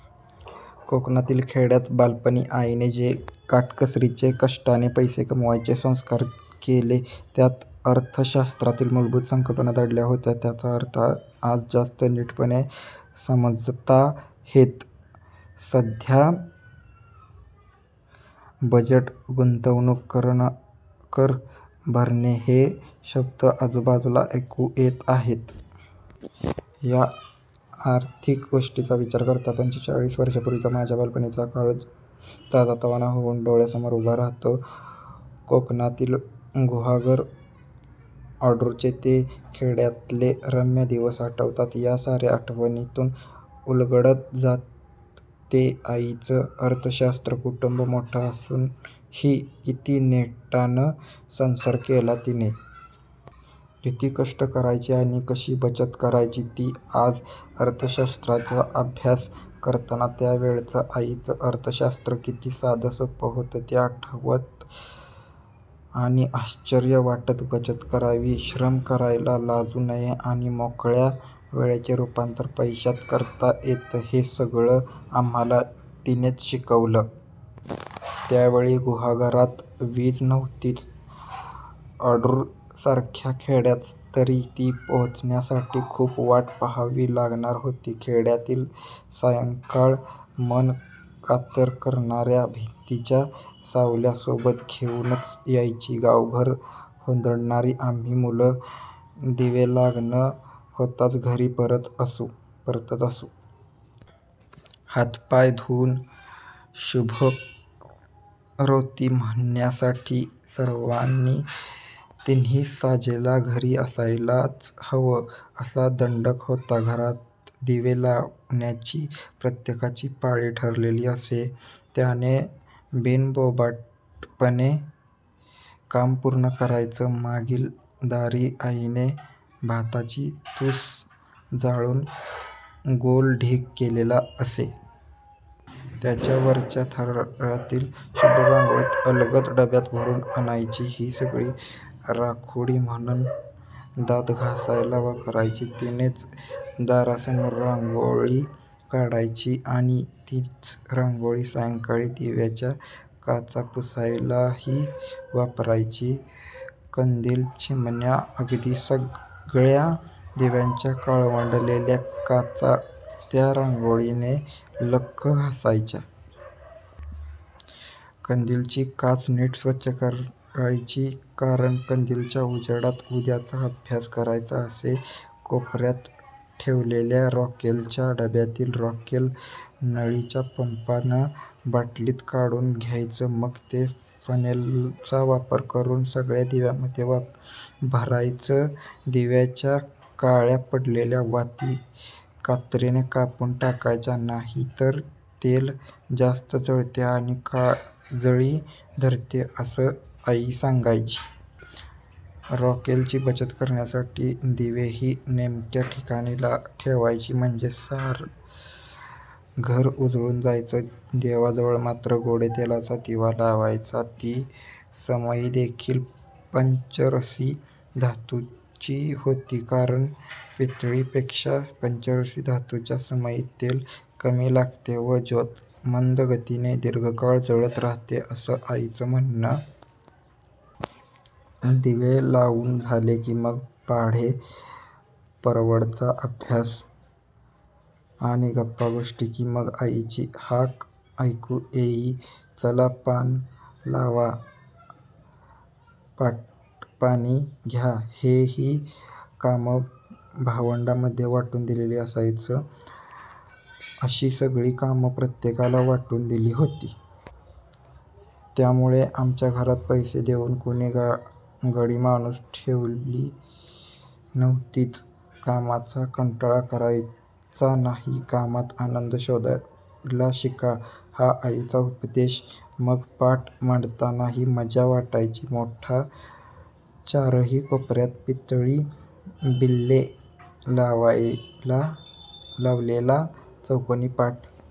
कोकणातील खेड्यात बालपणी आईने जे काटकसरीचे, कष्टाने पैसे कमावण्याचे संस्कार केले, त्यात अर्थशास्त्रातील मूलभूत संकल्पना दडल्या होत्या. त्यांचे अर्थ आज जास्त नीटपणे समजताहेत! सध्या बजेट, गुंतवणूक, कर भरणे हे शब्द आजूबाजूला ऐकू येत आहेत. या आर्थिक गोष्टींचा विचार करताना पंचेचाळीस वर्षांपूर्वीचा माझ्या बालपणीचा काळ ताजातवाना होऊन डोळ्यांसमोर उभा राहतो. कोकणातील गुहागर-अडूरचे ते खेड्यातले रम्य दिवस आठवतात. या साऱ्या आठवणींतून उलगडत जातं ते आईचं अर्थशास्त्र! कुटुंब मोठं असूनही किती नेटानं संसार केला तिने! किती कष्ट करायची आणि कशी बचत करायची ती! आज अर्थशास्त्राचा अभ्यास करताना त्या वेळचं आईचं अर्थशास्त्र किती साधं, सोपं होतं ते आठवतं आणि आश्चर्य वाटतं. बचत करावी, श्रम करायला लाजू नये आणि मोकळ्या वेळेचं रूपांतर पैशात करता येतं हे सगळं आम्हांला तिनेच शिकवलं. त्यावेळी गुहागरात वीज नव्हतीच. अडूरसारख्या खेड्यात तर ती पोहोचण्यासाठी खूप वाट पाहावी लागणार होती. खेड्यातली सायंकाळ मन कातर करणाऱ्या भीतीच्या सावल्या सोबत घेऊनच यायची. गावभर हुंदडणारी आम्ही मुलं दिवेलागण होताच घरी परतत असू. हातपाय धुऊन 'शुभंकरोती' म्हणण्यासाठी सर्वांनी तिन्हीसांजेला घरी असायलाच हवं, असा दंडक होता. घरात दिवे लावण्याची प्रत्येकाची पाळी ठरलेली असे; त्याने बिनबोभाटपणे काम पूर्ण करायचं. मागीलदारी आईने भाताची तुसं जाळून गोल ढीग केलेला असे. त्याच्या वरच्या थरातली शुभ्र रांगोळी अलगद डब्यात भरून आणायची. ही सकाळी राखुंडी म्हणून दात घासायला वापरायची; तिनेच दारासमोर रांगोळी काढायची आणि तीच रांगोळी सायंकाळी दिव्यांच्या काचा पुसायलाही वापरायची. कंदील, चिमण्या अगदी सगळ्या दिव्यांच्या काळवंडलेल्या काचा त्या रांगोळीनं लख्ख घासायच्या. कंदिलाची काच नीट स्वच्छ करायचीच, कारण कंदिलाच्या उजेडातच उद्याचा अभ्यास करायचा असे. कोपऱ्यात ठेवलेल्या रॉकेलच्या डब्यातील रॉकेल नळीच्या पंपानं बाटलीत काढून घ्यायचं, मग ते फनेलचा वापर करून सगळ्या दिव्यांमध्ये भरायचं. दिव्यांच्या काळ्या पडलेल्या वाती कात्रीने कापून टाकायच्या, नाहीतर तेल जास्त जळतं आणि काजळी धरते, असं आई सांगायची. रॉकेलची बचत करण्यासाठी दिवेही नेमक्या ठिकाणी ठेवायचे, म्हणजे सारं घर उजळून जायचं. देवाजवळ मात्र गोडेतेलाचा दिवा लावायचा. ती समईदेखील पंचरसी धातूची होती; कारण पितळेपेक्षा पंचरसी धातूच्या समईत तेल कमी लागतं व ज्योत मंद गतीने दीर्घकाळ जळत राहाते, असं आईचं म्हणणं! दिवे लावून झाले की मग पाढे, परवचा, अभ्यास आणि गप्पागोष्टी; की मग आईची हाक ऐकू येई- 'चला, पानं लावा, पाटपाणी घ्या.' हेही काम भावंडांमध्ये वाटून दिलेलं असायचं. अशी सगळीच कामं प्रत्येकाला वाटून दिली होती. त्यामुळे आमच्या घरात पैसे देऊन कुणी गडीमाणसं ठेवली नव्हतीच. कामाचा कंटाळा करायचा नाही, कामात आनंद शोधायला शिका हा आईचा उपदेश. मग पाट मांडतानाही मजा वाटायची. मोठा, चारही कोपऱ्यात पितळी बिल्ले लावलेला चौकोनी पाट